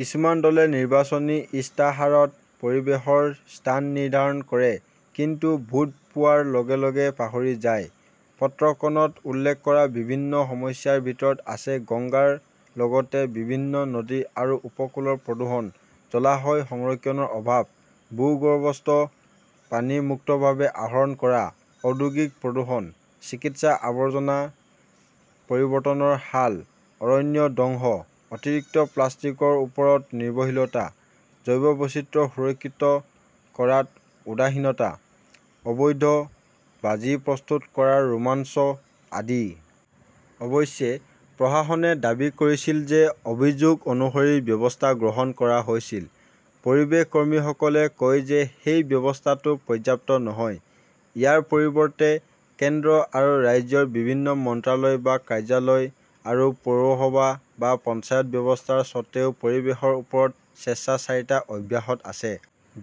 কিছুমান দলে নিৰ্বাচনী ইস্তাহাৰত পৰিৱেশৰ স্থান নিৰ্ধাৰণ কৰে, কিন্তু ভোট পোৱাৰ লগে লগে পাহৰি যায়। "পত্ৰখনত উল্লেখ কৰা বিভিন্ন সমস্যাৰ ভিতৰত আছে গংগাৰ লগতে বিভিন্ন নদী আৰু উপকূলৰ প্ৰদূষণ, জলাশয় সংৰক্ষণৰ অভাৱ, ভূগৰ্ভস্থ পানী মুক্তভাৱে আহৰণ কৰা, ঔদ্যোগিক প্ৰদূষণ, চিকিৎসা আৱৰ্জনা পৰিৱৰ্তনৰ হাল, অৰণ্য ধ্বংস, অতিৰিক্ত প্লাষ্টিকৰ ওপৰত নিৰ্ভৰশীলতা, জৈৱ বৈচিত্ৰ্য সুৰক্ষিত কৰাত উদাসীনতা, অবৈধ বাজি প্ৰস্তুত কৰাৰ ৰোমাঞ্চ আদি। অৱশ্যে, প্ৰশাসনে দাবী কৰিছিল যে অভিযোগ অনুসৰি ব্যৱস্থা গ্ৰহণ কৰা হৈছিল। পৰিৱেশ কৰ্মীসকলে কয় যে সেই ব্যৱস্থাটো পৰ্যাপ্ত নহয়। ইয়াৰ পৰিৱৰ্তে, কেন্দ্ৰ আৰু ৰাজ্যৰ বিভিন্ন মন্ত্ৰালয় বা কাৰ্যালয় আৰু পৌৰসভা বা পঞ্চায়ত ব্যৱস্থাৰ স্বত্বেও পৰিৱেশৰ ওপৰত স্বেচ্ছাচাৰিতা অব্যাহত আছে।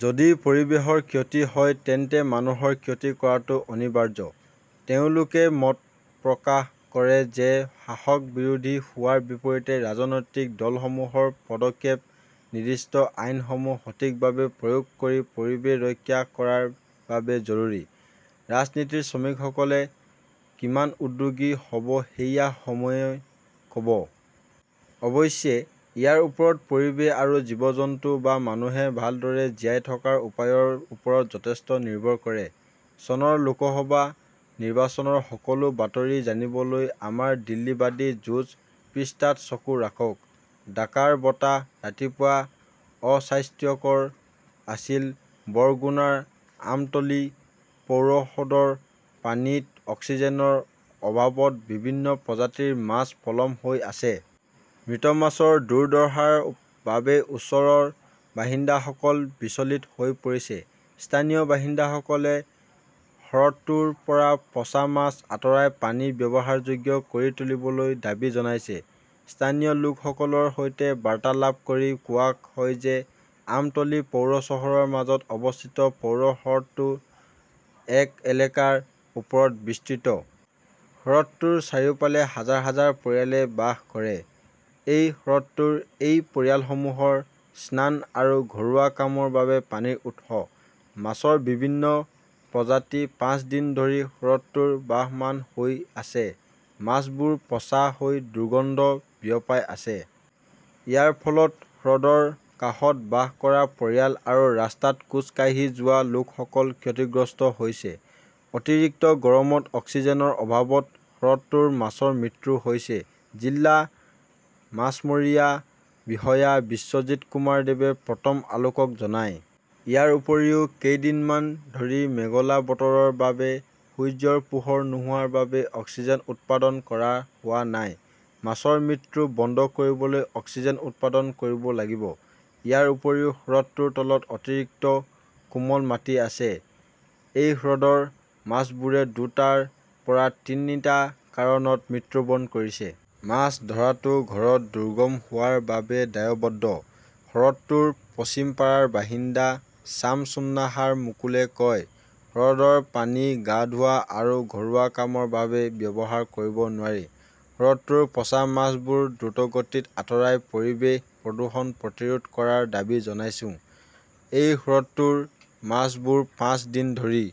যদি পৰিৱেশৰ ক্ষতি হয় তেন্তে মানুহৰ ক্ষতি কৰাটো অনিবাৰ্য। তেওঁলোকে মত প্ৰকাশ কৰে যে শাসক-বিৰোধী হোৱাৰ বিপৰীতে ৰাজনৈতিক দলসমূহৰ পদক্ষেপ নিৰ্দিষ্ট আইনসমূহ সঠিকভাৱে প্ৰয়োগ কৰি পৰিৱেশ ৰক্ষা কৰাৰ বাবে জৰুৰী। ৰাজনীতিৰ শ্ৰমিকসকলে কিমান উদ্যোগী হ "ব সেয়া সময়ই ক" ব। অৱশ্যে, ইয়াৰ ওপৰত পৰিৱেশ আৰু জীৱ-জন্তু বা মানুহে ভালদৰে জীয়াই থকাৰ উপায়ৰ ওপৰত যথেষ্ট নিৰ্ভৰ কৰে। চনৰ লোকসভা নিৰ্বাচনৰ সকলো বাতৰি জানিবলৈ আমাৰ 'দিল্লীবাদী যুঁজ "পৃষ্ঠাত চকু ৰাখক। ঢাকাৰ বতাহ ৰাতিপুৱা অস্বাস্থ্যকৰ আছিল বৰগুনাৰ আমটলী পৌৰ হ্ৰদৰ পানীত অক্সিজেনৰ অভাৱত বিভিন্ন প্ৰজাতিৰ মাছ পলম হৈ আছে। মৃত মাছৰ দুৰ্দশাৰ বাবে ওচৰৰ বাসিন্দাসকল বিচলিত হৈ পৰিছে। স্থানীয় বাসিন্দাসকলে হ্ৰদটোৰ পৰা পচা মাছ আঁতৰাই পানী ব্যৱহাৰযোগ্য কৰি তুলিবলৈ দাবী জনাইছে। স্থানীয় লোকসকলৰ সৈতে বাৰ্তালাপ কৰি কোৱা হয় যে আমটলী পৌৰ চহৰৰ মাজত অৱস্থিত পৌৰ হ্ৰদটো একৰ এলেকাৰ ওপৰত বিস্তৃত। হ্ৰদটোৰ চাৰিওফালে হাজাৰ হাজাৰ পৰিয়ালে বাস কৰে। এই হ্ৰদটো এই পৰিয়ালসমূহৰ স্নান আৰু ঘৰুৱা কামৰ বাবে পানীৰ উৎস। মাছৰ বিভিন্ন প্ৰজাতি পাঁচ দিন ধৰি হ্ৰদটোত ভাসমান হৈ আছে। মাছবোৰ পচা হৈ দুৰ্গন্ধ বিয়পাই আছে। ইয়াৰ ফলত হ্ৰদৰ কাষত বাস কৰা পৰিয়াল আৰু ৰাস্তাত খোজ কাঢ়ি যোৱা লোকসকল ক্ষতিগ্ৰস্ত হৈছে। অতিৰিক্ত গৰমত অক্সিজেনৰ অভাৱত হ্ৰদটোৰ মাছৰ মৃত্যু হৈছে ", জিলা মাছমৰীয়া বিষয়া বিশ্বজিত কুমাৰ দেৱে প্ৰথম আলোকক জনায়। ইয়াৰ উপৰিও, কেইদিনমান ধৰি মেঘলা বতৰৰ বাবে সূৰ্যৰ পোহৰ নোহোৱাৰ বাবে অক্সিজেন উৎপাদন কৰা হোৱা নাই। মাছৰ মৃত্যু বন্ধ কৰিবলৈ অক্সিজেন উৎপাদন কৰিব লাগিব। ইয়াৰ উপৰিও হ্ৰদটোৰ তলত অতিৰিক্ত কোমল মাটি আছে। এই হ্ৰদৰ মাছবোৰে দুটাৰ পৰা তিনিটা কাৰণত মৃত্যুবৰণ কৰিছে। "মাছ ধৰাটো ঘৰত দুৰ্গম হোৱাৰ বাবে দায়বদ্ধ", হ্ৰদটোৰ পশ্চিমপাৰাৰ বাসিন্দা ছামছুন্নাহাৰ মুকুলে কয়। হ্ৰদৰ পানী গা ধোৱা আৰু ঘৰুৱা কামৰ বাবে ব্যৱহাৰ কৰিব নোৱাৰি। হ্ৰদটোৰ পচা মাছবোৰ দ্ৰুতগতিত আঁতৰাই পৰিৱেশ প্ৰদূষণ প্ৰতিৰোধ কৰাৰ দাবী জনাইছো। "এই হ্ৰদটোৰ মাছবোৰ পাঁচ দিন ধৰি